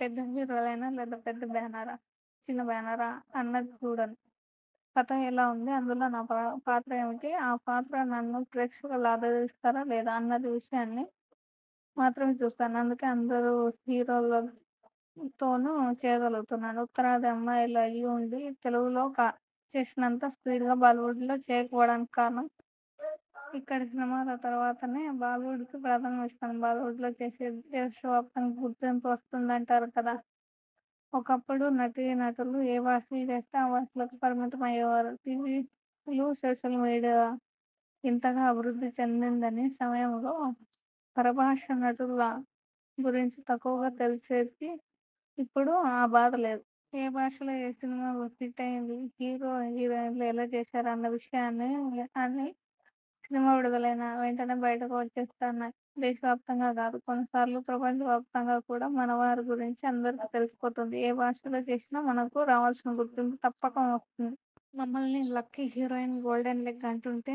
పెద్ద హీరోలైనా, లేదా పెద్ద బ్యానరా? చిన్న బ్యానరా? అన్నది చూడను. కథ ఎలా ఉంది? అందులో నా పాత్ర ఏమిటి? ఆ పాత్ర నన్ను ప్రేక్షకులు ఆదరిస్తారా? లేదా? అన్న విషయాలు మాత్రమే చూస్తాను అందుకే అందరు హీరోలతోనూ చేయగలుగుతున్నాను. ఉత్తరాది అమ్మాయి అయి ఉండి తెలుగులో చేసినంత స్పీడుగా బాలీవుడ్లో చేయకపోవడానికి కారణం? ఇక్కడి సినిమాల తరువాతనే బాలీవుడ్కి ప్రాధాన్యత ఇస్తాను. బాలీవుడ్లో చేస్తే దేశవ్యాప్తంగా గుర్తింపు వస్తుందంటారు కదా? ఒకప్పుడు నటీనటులు ఏ భాషలో చేస్తే ఆ భాషకే పరిమితమయ్యేవారు. టీవీలు, సోషల్ మీడియా ఇంతగా అభివృద్ధి చెందిందని సమయంలో పరభాషానటుల గురించి తక్కువగా తెలిసేది! ఇప్పుడు ఆ బాధ లేదు. ఏ భాషలో ఏ సినిమా హిట్టయింది హీరో హీరోయిన్లు ఎలా చేశారు అన్న విషయాలు అన్నీ సినిమా విడుదలైన వెంటనే బయటకు వచ్చేస్తున్నాయి. దేశవ్యాప్తంగానే కాదు, కొన్నిసార్లు ప్రపంచవ్యాప్తంగా కూడా మనవారు గురించి అందరికీ తెలిసిపోతోంది. ఏ భాషలో చేసినా మనకు రావలసిన గుర్తింపు తప్పక వస్తుంది. మమ్మల్ని లక్కీ హీరోయిన్, గోల్డెన్ లెగ్ అంటూంటే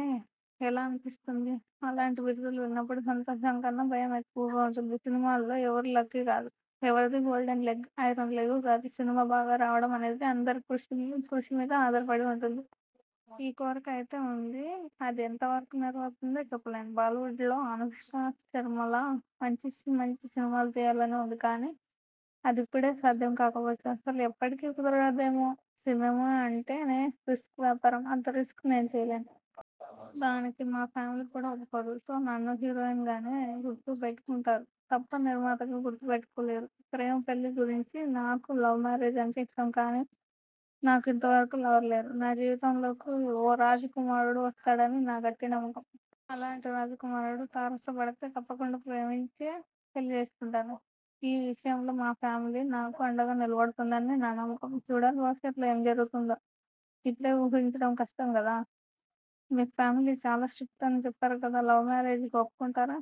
ఎలా అనిపిస్తుంది? అలాంటి బిరుదులు విన్నప్పుడు సంతోషం కన్నా భయం ఎక్కువగా ఉంటుంది. సినిమాల్లో ఎవరూ లక్కీ కాదు. ఎవరిదీ గోల్డెన్ లెగ్, ఐరెన్ లెగ్ కాదు. సినిమా బాగా రావడం అనేది అందరి కృషి మీద ఆధారపడి ఉంటుంది. ఈ కోరిక అయితే ఉంది. అది ఎంత వరకూ నెరవేరుతుందో చెప్పలేను. బాలీవుడ్లో అనుష్క శర్మ లా మంచి మంచి సినిమాలు తీయాలని ఉంది. కానీ అదిప్పుడే సాధ్యం కాకపోవచ్చు. అసలు ఎప్పటికీ కుదరదేమో! సినిమా అంటేనే రిస్కీ వ్యాపారం. అంత రిస్క్ నేను చేయలేను. దానికి మా ఫ్యామిలీ కూడా ఒప్పుకోదు. సో నన్ను హీరోయిన్గానే గుర్తు పెట్టుకుంటారు తప్ప నిర్మాతగా గుర్తు పెట్టుకోలేరు. ప్రేమా పెళ్ళి గురించి నాకు లవ్ మ్యారేజ్ అంటే ఇష్టం. కానీ నాకు ఇంత వరకూ లవర్ లేరు. నా జీవితంలోకు ఓ రాజకుమారుడు వస్తాడని నా గట్టి నమ్మకం. అలాంటి రాజకుమారుడు తారసపడితే తప్పకుండా ప్రేమించే పెళ్ళి చేసుకుంటాను. ఈ విషయంలో మా ఫ్యామిలీ నాకు అండగా నిలబడుతుందని నా నమ్మకం. చూడాలి భవిష్యత్తులో ఏం జరుగుతుందో ఇప్పుడే ఊహించడం కష్టం కదా! మీ ఫ్యామిలీ చాలా స్ట్రిక్ట్ అని చెప్పారు కదా? లవ్ మ్యారేజీకి ఒప్పుకుంటారా?